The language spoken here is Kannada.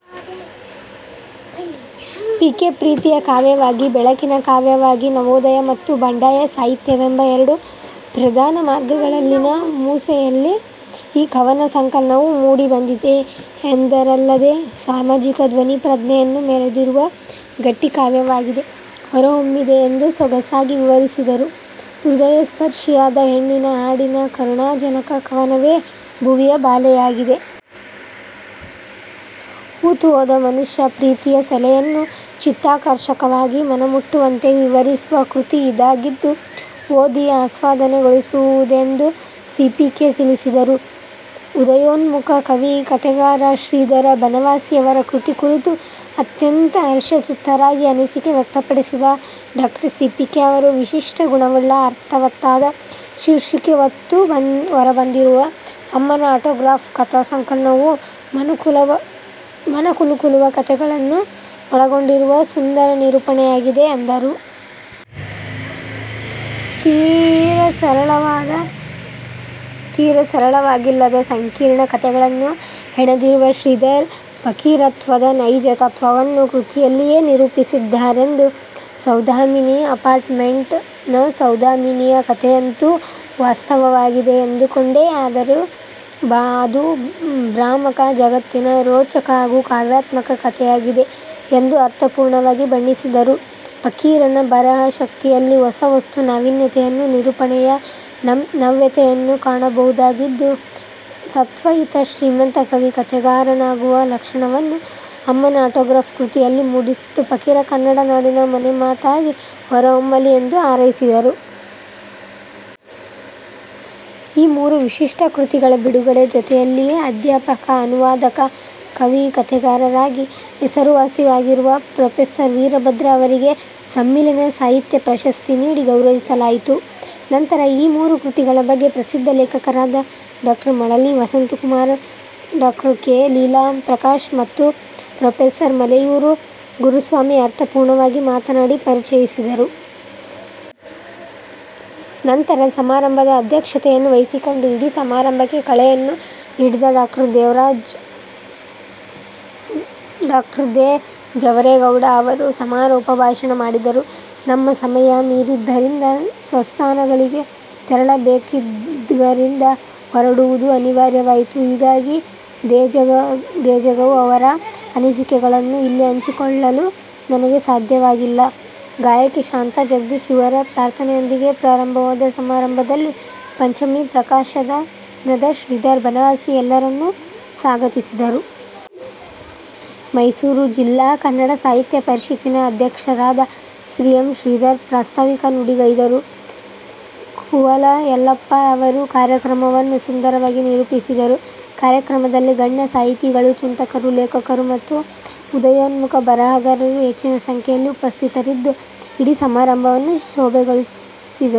ಪಿ. ಕೆ, ಪ್ರೀತಿಯ ಕಾವ್ಯವಾಗಿ, ಬೆಳಕಿನ ಕಾವ್ಯವಾಗಿ ನವೋದಯ ಮತ್ತು ಬಂಡಾಯ ಸಾಹಿತ್ಯವೆಂಬ ಎರಡು ಪ್ರಧಾನ ಮಾರ್ಗಗಳಲ್ಲಿನ ಮೂಸೆಯಲ್ಲಿ ಈ ಕವನ ಸಂಕಲನವು ಮೂಡಿಬಂದಿದೆ ಎಂದರಲ್ಲದೇ ಸಾಮಾಜಿಕ ಧ್ವನಿ ಪ್ರಜ್ಞೆಯನ್ನು ಮೆರೆದಿರುವ ಗಟ್ಟಿಕಾವ್ಯವಾಗಿದೆ ಹೊರಹೊಮ್ಮಿದೆ ಎಂದು ಸೊಗಸಾಗಿ ವಿವರಿಸಿದರು. ಹೃದಯಸ್ಪರ್ಷಿಯಾದ ಹೆಣ್ಣಿನ ಹಾಡಿನ ಕರುಣಾ ಜನಕ ಕವನವೇ ಭುವಿಬಾಲೆಯಾಗಿದೆ. ಹೂತು ಹೋದ ಮನುಷ್ಯ ಪ್ರೀತಿಯ ಸೆಲೆಯನ್ನು ಚಿತ್ತಾಕರ್ಷಕವಾಗಿ ಮನಮುಟ್ಟುವಂತೆ ವಿವರಿಸುವ ಕೃತಿ ಇದಾಗಿದ್ದು ಓದಿ ಆಸ್ವಾದನಗೊಳಿಸುವುದೆಂದು ಸಿ. ಪಿ. ಕೆ ತಿಳಿಸಿದರು. ಉದಯೋನ್ಮುಖ ಕವಿ, ಕಥೆಗಾರ ಶ್ರೀಧರ ಬನವಾಸಿ ಅವರ ಕೃತಿ ಕುರಿತು ಅತ್ಯಂತ ಹರ್ಷಚಿತ್ತರಾಗಿ ಅನಿಸಿಕೆ ವ್ಯಕ್ತಪಡಿಸಿದ ಡಾ ಸಿ. ಪಿ. ಕೆ. ಅವರು ವಿಶಿಷ್ಟ ಗುಣವುಳ್ಳ ಅರ್ಥವತ್ತಾದ ಶೀರ್ಷಿಕೆ ಹೊತ್ತು ಹೊರಬಂದಿರುವ "ಅಮ್ಮನ ಆಟೋಗ್ರಾಫ್" ಕಥಾ ಸಂಕಲನವು ಮನಕಲುಕುವ ಕಥೆಗಳನ್ನು ಒಳಗೊಂಡಿರುವ ಸುಂದರ ನಿರೂಪಣೆಯಾಗಿದೆ ಎಂದರು. ತೀರ ಸರಳವಾಗಿಲ್ಲದ ಸಂಕೀರ್ಣ ಕಥೆಗಳನ್ನು ಹೆಣೆದಿರುವ ಶ್ರೀಧರ್ 'ಫಕೀರತ್ವ"ದ ನೈಜ ತತ್ವವನ್ನು ಕೃತಿಯಲ್ಲಿಯೇ ನಿರೂಪಿಸಿದ್ದಾರೆಂದರು. ಸೌಧಾಮಿನಿ ಅಪಾರ್ಟಮೆಂಟ್ ನ'ಸೌಧಾಮಿನಿಯ ಕಥೆಯಂತೂ ವಾಸ್ತವವಾಗಿದೆ ಎಂದುಕೊಂಡೆ, ಆದರೆ ಅದು ಭ್ರಾಮಕ ಜಗತ್ತಿನ ರೋಚಕ ಹಾಗೂ ಕಾವ್ಯಾತ್ಮಕ ಕಥೆಯಾಗಿದೆ' ಎಂದು ಅರ್ಥಪೂರ್ಣವಾಗಿ ಬಣ್ಣಿಸಿದರು. ಫಕೀರನ ಬರಹ ಶಕ್ತಿಯಲ್ಲಿ ಹೊಸ ವಸ್ತು ನಾವಿನ್ಯತೆಯನ್ನೂ ನಿರೂಪಣೆಯ ನವ್ಯತೆಯನ್ನೂ ಕಾಣಬಹುದಾಗಿದ್ದು ಸತ್ವಯುತ ಶ್ರೀಮಂತ ಕವಿ ಕಥೆಗಾರನಾಗುವ ಲಕ್ಷಣವನ್ನು "ಅಮ್ಮನ ಆಟೋಗ್ರಾಫ್" ಕೃತಿಯಲ್ಲಿ ಮೂಡಿಸಿದ್ದು ಫಕೀರ ಕನ್ನಡ ನಾಡಿನ ಮನೆಮಾತಾಗಿ ಹೊರಹೊಮ್ಮಲಿ ಎಂದು ಹಾರೈಸಿದರು. ಈ ಮೂರು ವಿಶಿಷ್ಟ ಕೃತಿಗಳ ಬಿಡುಗಡೆ ಜೊತೆಯಲ್ಲಿಯೇ ಅಧ್ಯಾಪಕ, ಅನುವಾದಕ, ಕವಿ, ಕಥೆಗಾರರಾಗಿ ಹೆಸರುವಾಸಿಯಾಗಿರುವ ಪ್ರೋ. ವೀರಭದ್ರ ಅವರಿಗೆ "ಸಮ್ಮಿಲನ ಸಾಹಿತ್ಯ ಪ್ರಶಸ್ತಿ"ನೀಡಿ ಗೌರವಿಸಲಾಯಿತು. ನಂತರ ಈ ಮೂರೂ ಕೃತಿಗಳ ಬಗ್ಗೆ ಪ್ರಸಿದ್ದ ಲೇಖಕರಾದ ಡಾ ಮಳಲಿ ವಸಂತ ಕುಮಾರ್, ಡಾ ಕೆ. ಲೀಲಾ ಪ್ರಕಾಶ್ ಮತ್ತು ಪ್ರೋ. ಮಲೆಯೂರು ಗುರುಸ್ವಾಮಿ ಅರ್ಥಪೂರ್ಣವಾಗಿ ಮಾತನಾಡಿ ಪರಿಚಯಿಸಿದರು. ನಂತರ ಸಮಾರಂಭದ ಅಧ್ಯಕ್ಷತೆಯನ್ನು ವಹಿಸಿಕೊಂಡು ಇಡೀ ಸಮಾರಂಭಕ್ಕೆ ಕಳೆಯನ್ನು ನೀಡಿದ ಡಾ ದೇ. ಜವರೇ ಗೌಡ ಅವರು ಸಮಾರೋಪ ಭಾಷಣ ಮಾಡಿದರು. ನಮ್ಮ ಸಮಯ ಮೀರಿದ್ದರಿಂದ ಸ್ವಸ್ಥಾನಗಳಿಗೆ ತೆರಳಬೇಕಿದ್ಗರಿಂದ ಹೊರಡುವುದು ಅನಿವಾರ್ಯವಾಯಿತು. ಹೀಗಾಗಿ ದೇಜಗೌ ಅವರ ಅನಿಸಿಕೆಗಳನ್ನು ಇಲ್ಲಿ ಹಂಚಿಕೊಳ್ಲಲು ನನಗೆ ಸಾಧ್ಯವಾಗಿಲ್ಲ. ಗಾಯಕಿ ಶಾಂತಾ ಜಗದೀಶ್ ಇವರ ಪ್ರಾರ್ಥನೆಯೊಂದಿಗೆ ಪ್ರಾರಂಭವಾದ ಸಮಾರಂಭದಲ್ಲಿ ಪಂಚಮಿ ಪ್ರಕಾಶನದ ಶ್ರೀಧರ್ ಬನವಾಸಿ ಎಲ್ಲರನ್ನೂ ಸ್ವಾಗತಿಸಿದರು. ಮೈಸೂರು ಜಿಲ್ಲಾ ಕನ್ನಡ ಸಾಹಿತ್ಯ ಪರಿಷತ್ತಿನ ಅಧ್ಯಕ್ಷರಾದ ಶ್ರೀ ಎಮ್ ಶ್ರೀಧರ್ ಪ್ರಾಸ್ತಾವಿಕ ನುಡಿಗೈದರು. ಕುವಲ ಯಲ್ಲಪ್ಪ ಅವರು ಕಾರ್ಯಕ್ರಮವನ್ನು ಸುಂದರವಾಗಿ ನಿರೂಪಿಸಿದರು. ಕಾರ್ಯಕ್ರಮದಲ್ಲಿ ಗಣ್ಯ ಸಾಹಿತಿಗಳು, ಚಿಂತಕರು, ಲೇಖಕರು ಮತ್ತು ಉದಯೋನ್ಮುಖ ಬರಹಗಾರರು ಹೆಚ್ಚಿನ ಸಂಖ್ಯೆಯಲ್ಲಿ ಉಪಸ್ಥಿತರಿದ್ದು ಇಡೀ ಸಮಾರಂಭವನ್ನು ಶೋಭೆಗೊಳಿಸಿದರು.